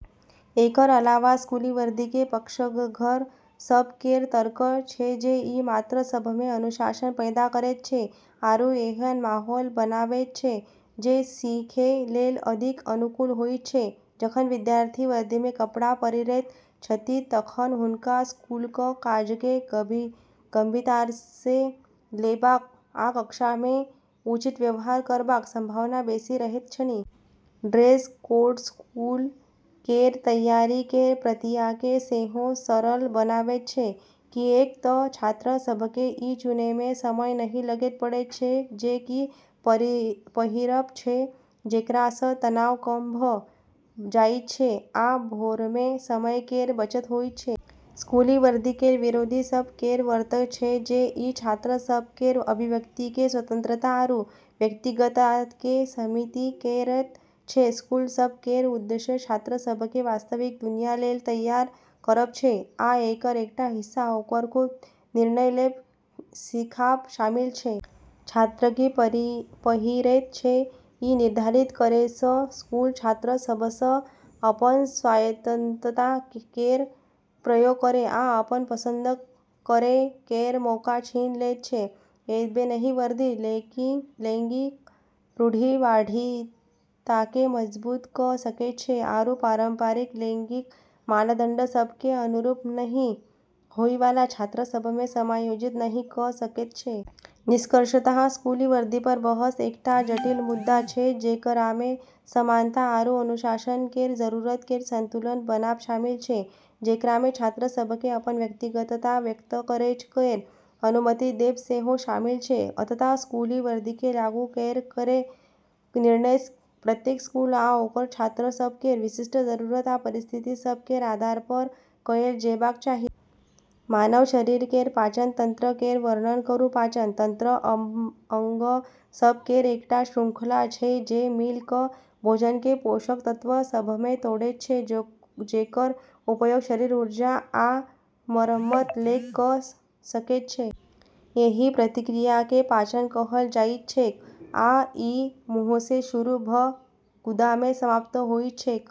एकर अलावा स्कूली वर्दी केर पक्षधर सभ केर तर्क छै जे ई छात्र सभमे अनुशासन पैदा करैत छै आरू एहन माहौल बनाबैत छै जे सीखै लेल अधिक अनुकूल होइत छै। जखन विद्यार्थी वर्दीमे कपड़ा पहिरैत छथि तखन हुनका स्कूलक काजकेँ गंभीरतासँ लेबाक आ कक्षामे उचित व्यवहार करबाक संभावना बेसी रहैत छनि। ड्रेस कोड स्कूल केर तैयारी केर प्रक्रियाकेँ सेहो सरल बनाबैत छै, किऐक तऽ छात्र सभकेँ ई चुनैमे समय नहि लगै पड़ैत छै जे की पहिरब छै, जेकरासँ तनाव कम भऽ जाइत छै आ भोरमे समय केर बचत होइत छै। स्कूली वर्दी केर विरोधी सभ केर तर्क छै जे ई छात्र सभ केर अभिव्यक्तिकेँ स्वतंत्रता आरू व्यक्तिगतताकेँ सीमित करैत छै। स्कूल सभ केर उद्देश्य छात्र सभकेँ वास्तविक दुनिया लेल तैयार करब छै, आ एकर एकटा हिस्सा ओकरा खुद निर्णय लेब सिखाब शामिल छै। छात्र की पहिरैत छै, ई निर्धारित करैसँ स्कूल छात्र सभसँ अपन स्वायत्तता केर प्रयोग करै आ अपन पसंद करै केर मौका छीन लैत छै। एतबे नहि, वर्दी लैंगिक रूढ़िवादिताकेँ मजबूत कऽ सकैत छै आरू पारंपरिक लैंगिक मानदंड सभ केर अनुरूप नहि होइवाला छात्र सभकेँ समायोजित नहि कऽ सकैत छै। निष्कर्षतः: स्कूली वर्दीपर बहस एकटा जटिल मुद्दा छै जेकरामे समानता आरू अनुशासन केर जरूरत केर संतुलन बनाब शामिल छै, जेकरामे छात्र सभकेँ अपन व्यक्तिगतता व्यक्त करै केर अनुमति देब सेहो शामिल छै। अंततः स्कूली वर्दीकेँ लागू करै केर निर्णय प्रत्येक स्कूल आ ओकर छात्र सभ केर विशिष्ट जरूरत आ परिस्थिति सभ केर आधारपर कएल जेबाक चाही। मानव शरीर केर पाचन तंत्र केर वर्णन करू। पाचन तंत्र अंग सभ केर एकटा श्रृंखला छै जे मिलि कऽ भोजनकेँ पोषक तत्व सभमे तोड़ैत छै जेकर उपयोग शरीर ऊर्जा, विकास आ मरम्मत लेल कऽ सकैत छै। एहि प्रक्रियाकेँ पाचन कहल जाइत छैक, आ ई मुँहसँ शुरू भऽ गुदामे समाप्त होइत छैक।